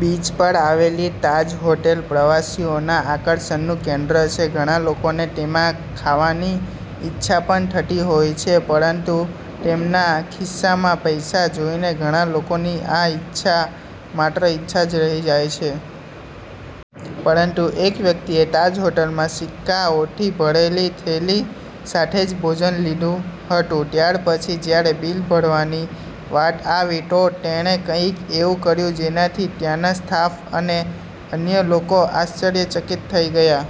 Beach પર આવેલી Taj hotel પ્રવાસીઓના આકર્ષણનું કેન્દ્ર છે. ઘણા લોકોને તેમાં ખાવાની ઈચ્છા પણ થતી હોય છે. પરંતુ તેમના ખિસ્સામાં પૈસા જોઈને ઘણા લોકોની આ ઈચ્છા માત્ર ઈચ્છા જ રહી જાય છે. પરંતુ એક વ્યક્તિએ તાજ હોટલમાં સિક્કાઓથી ભરેલી થેલી સાથે જ ભોજન લીધું હતું. ત્યારપછી જ્યારે બિલ ભરવાની વાત આવી તો તેણે કંઈક એવું કર્યું જેનાથી ત્યાંના સ્ટાફ અને અન્ય લોકો આશ્ચર્યચકિત થઈ ગયા.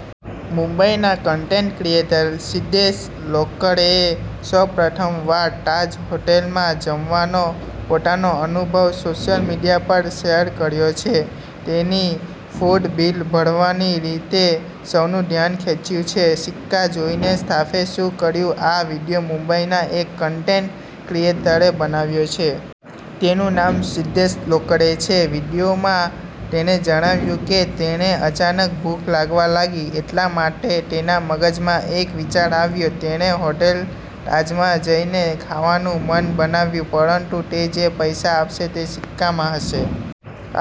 મુંબઈના કન્ટેન્ટ ક્રિએટર સિદ્ધેશ લોકરેએ સૌપ્રથમવાર તાજ હોટેલમાં જમવાનો પોતાનો અનુભવ સોશિયલ મીડિયા પર શેર કર્યો છે. તેની ફૂડ બિલ ભરવાની રીતે સૌનું ધ્યાન ખેંચ્યું છે. સિક્કા જોઈને સ્ટાફે શું કર્યું આ વીડિયો મુંબઈના એક કન્ટેન્ટ ક્રિએટરે બનાવ્યો છે. તેનું નામ સિદ્ધેશ લોકરે છે. વીડિયોમાં તેણે જણાવ્યું કે તેને અચાનક ભૂખ લાગવા લાગી, એટલા માટે તેના મગજમાં એક વિચાર આવ્યો. તેણે હોટેલ તાજમાં જઈને ખાવાનું મન બનાવ્યું. પરંતુ તે જે પૈસા આપશે તે સિક્કામાં હશે.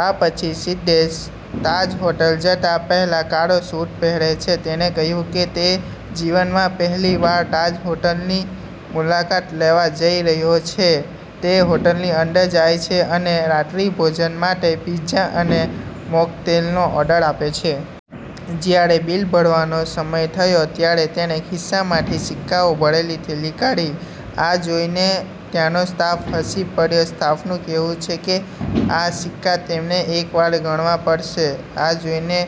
આ પછી, સિદ્ધેશ તાજ હોટલ જતા પહેલા કાળો સૂટ પહેરે છે. તેણે કહ્યું કે તે જીવનમાં પહેલીવાર તાજ હોટલની મુલાકાત લેવા જઈ રહ્યો છે. તે હોટલની અંદર જાય છે અને રાત્રિભોજન માટે પિઝા અને મોકટેલનો ઓર્ડર આપે છે. જ્યારે બિલ ભરવાનો સમય થયો ત્યારે તેણે ખિસ્સામાંથી સિક્કાઓ ભરેલી થેલી કાઢી. આ જોઈને ત્યાંનો સ્ટાફ હસી પડ્યો. સ્ટાફનું કહેવું છે કે આ સિક્કા તેમણે એકવાર ગણવા પડશે. આ જોઈને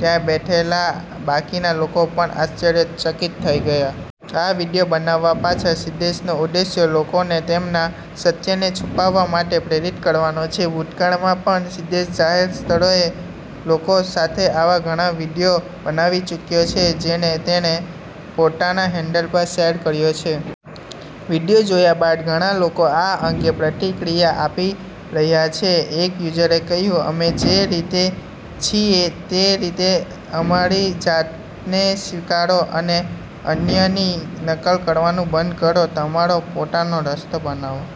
ત્યાં બેઠેલા બાકીના લોકો પણ આશ્ચર્યચકિત થઈ ગયા. ️ આ વીડિયો બનાવવા પાછળ સિદ્ધેશનો ઉદ્દેશ્ય લોકોને તેમના સત્યને છુપાવવા માટે પ્રેરિત કરવાનો છે. ભૂતકાળમાં પણ સિદ્ધેશ જાહેર સ્થળોએ લોકો સાથે આવા ઘણા વીડિયો બનાવી ચૂક્યો છે, જેને તેણે પોતાના હેન્ડલ પર શેર કર્યો છે. વીડિયો જોયા બાદ ઘણા લોકો આ અંગે પ્રતિક્રિયા આપી રહ્યા છે. એક યુઝરે કહ્યું, 'અમે જે રીતે છીએ તે રીતે અમારી જાતને સ્વીકારો અને અન્યની નકલ કરવાનું બંધ કરો. તમારો પોતાનો રસ્તો બનાવો.'